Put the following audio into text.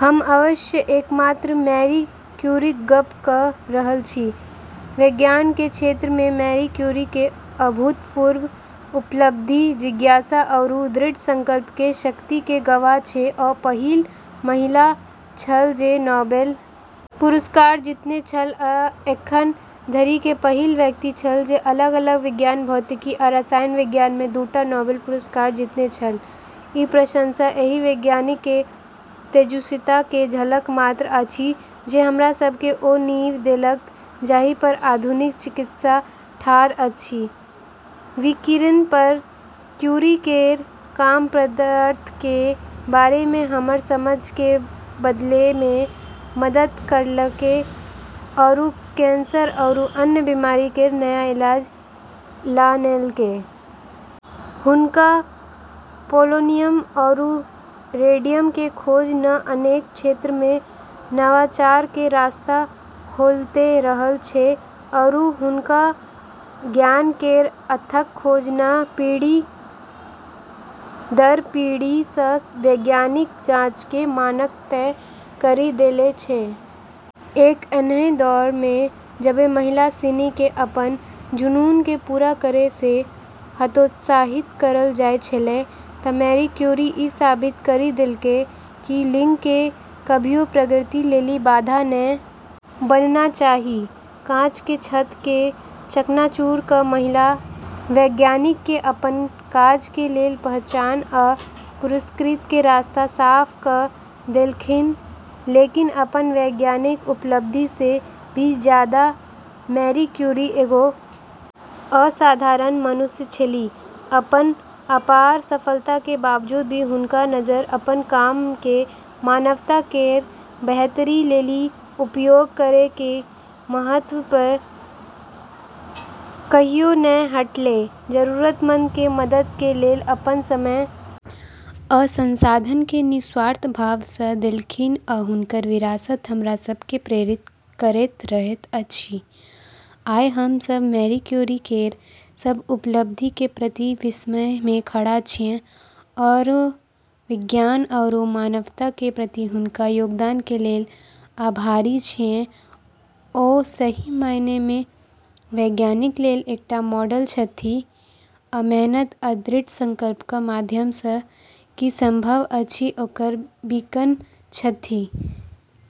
हम अवश्य एकमात्र मैरी क्यूरीक गप्प क रहल छी, विज्ञान के क्षेत्र में मैरी क्यूरी के अभूतपूर्व उपलब्धि जिज्ञासा आरू दृढ़ संकल्प के शक्ति के गवाह छै ओ पहिल महिला छल जे नोबेल पुरस्कार जीतने छल आ एखन धरि के पहिल व्यक्ति छल जे अलग-अलग विज्ञान भौतिकी आ रसायन विज्ञान मे दू टा नोबेल पुरस्कार जीतने छल, ई प्रशंसा एहि वैज्ञानिक के तेजस्वीता के झलक मात्र अछि जे हमरा सब के ओ नींव देलक जाहि पर आधुनिक चिकित्सा ठाढ़ अछि, विकिरण पर क्यूरी केरऽ काम पदार्थ के बारे मे हमरऽ समझ के बदलै मे मदद करलकै आरू कैंसर आरू अन्य बीमारी केरऽ नया इलाज लानलकै। हुनकऽ पोलोनियम आरू रेडियम के खोज न अनेक क्षेत्रऽ मे नवाचार के रास्ता खोलतें रहलऽ छै आरू हुनकऽ ज्ञान केरऽ अथक खोज न पीढ़ी-दर-पीढ़ी स॑ वैज्ञानिक जांच के मानक तय करी देले छै, एक ऐन्हऽ दौर मे जबे महिला सिनी के अपनऽ जुनून के पूरा करै से हतोत्साहित करलऽ जाय छेलै त मैरी क्यूरी ई साबित करी देलकै कि लिंग के कभियो प्रगति लेली बाधा नै बनना चाहि, काँच के छत के चकनाचूर क महिला वैज्ञानिक के अपन काज के लेल पहचान आ पुरस्कृत के रास्ता साफ क देलखिन्ह लेकिन अपनऽ वैज्ञानिक उपलब्धि से भी जादा मैरी क्यूरी एगो असाधारण मनुष्य छेली, अपनऽ अपार सफलता के बावजूद भी हुनकऽ नजर अपनऽ काम के मानवता केरऽ बेहतरी लेली उपयोग करै के महत्व पे कहियो नै हटलै, जरूरतमंद के मदद के लेल अपन समय आ संसाधन के निस्वार्थ भाव स देलखिन आ हुनकर विरासत हमरा सब के प्रेरित करैत रहैत अछि, आइ हम सब मैरी क्यूरी केरऽ सब उपलब्धि के प्रति विस्मय में खड़ा छियै आरू विज्ञान आरू मानवता के प्रति हुनकऽ योगदान के लेलऽ आभारी छियै ओ सही मायने मे वैज्ञानिक लेल एकटा मॉडल छथि आ मेहनत आ दृढ़ संकल्प क माध्यम स की संभव अछि ओकर बीकन छथि।